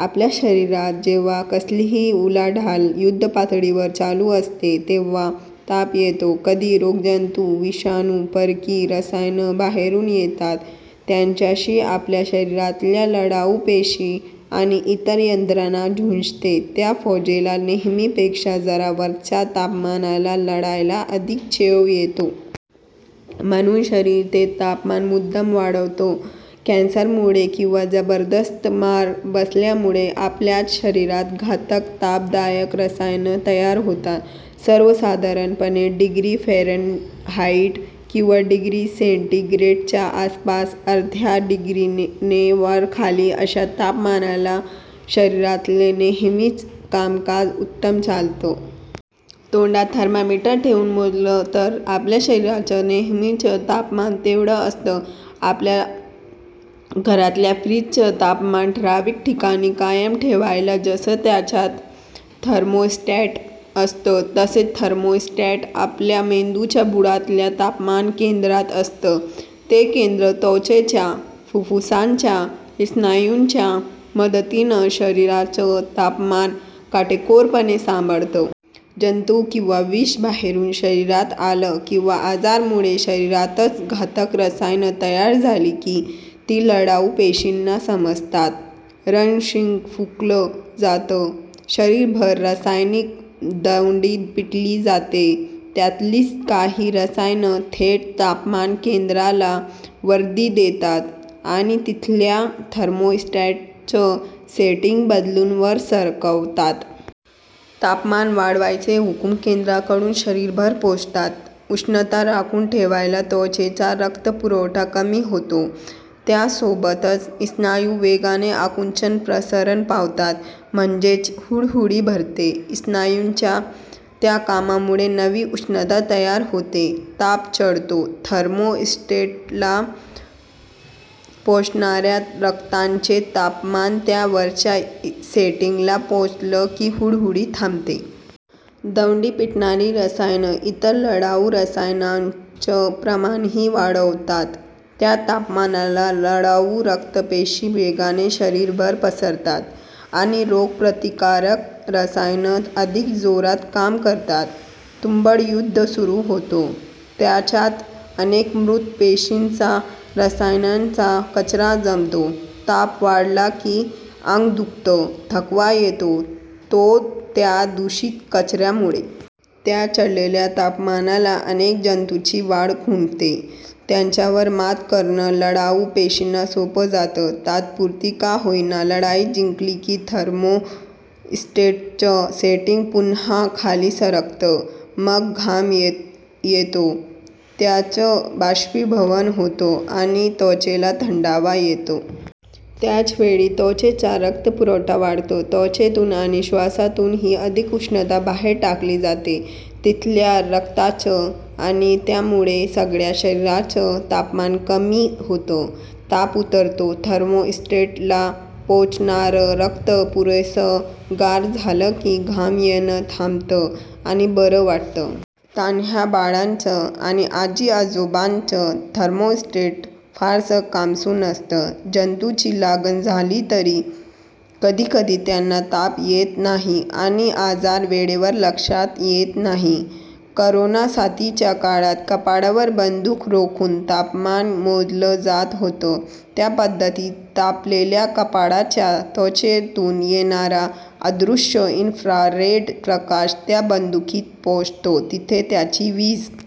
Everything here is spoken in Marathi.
आपल्या शरीरात जेव्हा कसलीही उलाढाल युद्धपातळीवर चालू असते, तेव्हा ताप येतो. कधी रोगजंतू, विषाणू, परकी रसायनं बाहेरून येतात. त्यांच्याशी आपल्या शरीरातल्या लढाऊ पेशी आणि इतर यंत्रणा झुंजते. त्या फौजेला नेहमीपेक्षा जरा वरच्या तापमानाला लढायला अधिक चेव येतो. म्हणून शरीर ते तापमान मुद्दाम वाढवतं. कॅन्सरमुळे किंवा जबरदस्त मार बसल्यामुळे आपल्याच शरीरात घातक, 'ताप'दायक रसायनं तयार होतात. सर्वसाधारणपणे डिग्री फॅरेनहाइट किंवा डिग्री सेंटिग्रेडच्या आसपास, अर्ध्या डिग्रीने वरखाली अशा तापमानाला शरीरातलं नेहमीचं कामकाज उत्तम चालतं. तोंडात थर्मामीटर ठेवून मोजलं तर आपल्या शरीराचं नेहमीचं तापमान तेवढं असतं. आपल्या घरातल्या फ्रिजचं तापमान ठरावीक ठिकाणी कायम ठेवायला जसं त्याच्यात थर्मोस्टॅट असतं, तसंच थर्मोस्टॅट आपल्या मेंदूच्या बुडातल्या तापमानकेंद्रात असतं. ते केंद्र त्वचेच्या, फुप्फुसांच्या, स्नायूंच्या मदतीनं शरीराचं तापमान काटेकोरपणे सांभाळतं. जंतू किंवा विष बाहेरून शरीरात आलं, किंवा आजारामुळे शरीरातच घातक रसायनं तयार झाली की, ती लढाऊ पेशींना समजतात. रणशिंग फुंकलं जातं. शरीरभर रासायनिक दवंडी पिटली जाते. त्यातलीच काही रसायनं थेट तापमानकेंद्राला वर्दी देतात आणि तिथल्या थर्मोस्टॅटचं सेटिंग बदलून वर सरकवतात. तापमान वाढवायचे हुकूम केंद्राकडून शरीरभर पोचतात. उष्णता राखून ठेवायला त्वचेचा रक्तपुरवठा कमी होतो. त्यासोबतच स्नायू वेगाने आकुंचन-प्रसरण पावतात. म्हणजेच हुडहुडी भरते. स्नायूंच्या त्या कामामुळे नवी उष्णता तयार होते. ताप चढतो. थर्मोस्टॅटला पोचणाऱ्या रक्ताचं तापमान त्या वरच्या सेटिंगला पोचलं की हुडहुडी थांबते. दवंडी पिटणारी रसायनं इतर लढाऊ रसायनांचं प्रमाणही वाढवतात. त्या तापमानाला लढाऊ रक्तपेशी वेगाने शरीरभर पसरतात आणि रोगप्रतिकारक रसायनं अधिक जोरात काम करतात. तुंबळ युद्ध सुरू होतं, त्याच्यात अनेक मृत पेशींचा, रसायनांचा कचरा जमतो. ताप वाढला की, अंग दुखतं, थकवा येतो तो त्या दूषित कचऱ्यामुळे. त्या चढलेल्या तापमानाला अनेक जंतूंची वाढ खुंटते, त्यांच्यावर मात करणं लढाऊ पेशींना सोपं जातं. तात्पुरती का होईना, लढाई जिंकली की थर्मोस्टॅटचं सेटिंग पुन्हा खाली सरकतं. मग घाम येतो, त्याचं बाष्पीभवन होतं आणि त्वचेला थंडावा येतो. त्याच वेळी त्वचेचा रक्तपुरवठा वाढतो, त्वचेतून आणि श्वासातूनही अधिक उष्णता बाहेर टाकली जाते. तिथल्या रक्ताचं आणि त्यामुळे सगळ्या शरीराचं तापमान कमी होतं. ताप उतरतो. थर्मोस्टॅटला पोचणारं रक्त पुरेसं गार झालं की घाम येणं थांबतं आणि बरं वाटतं. तान्ह्या बाळांचं आणि आजीआजोबांचं थर्मोस्टॅट फारसं कामसू नसतं. जंतूंची लागण झाली तरी कधीकधी त्यांना ताप येत नाही आणि आजार वेळेवर लक्षात येत नाही. करोनासाथीच्या काळात कपाळावर बंदूक रोखून तापमान मोजलं जात होतं. त्या पद्धतीत तापलेल्या कपाळाच्या त्वचेतून येणारा, अदृश्य इन्फ्रारेड प्रकाश त्या बंदुकीत पोचतो. तिथे त्याची वीज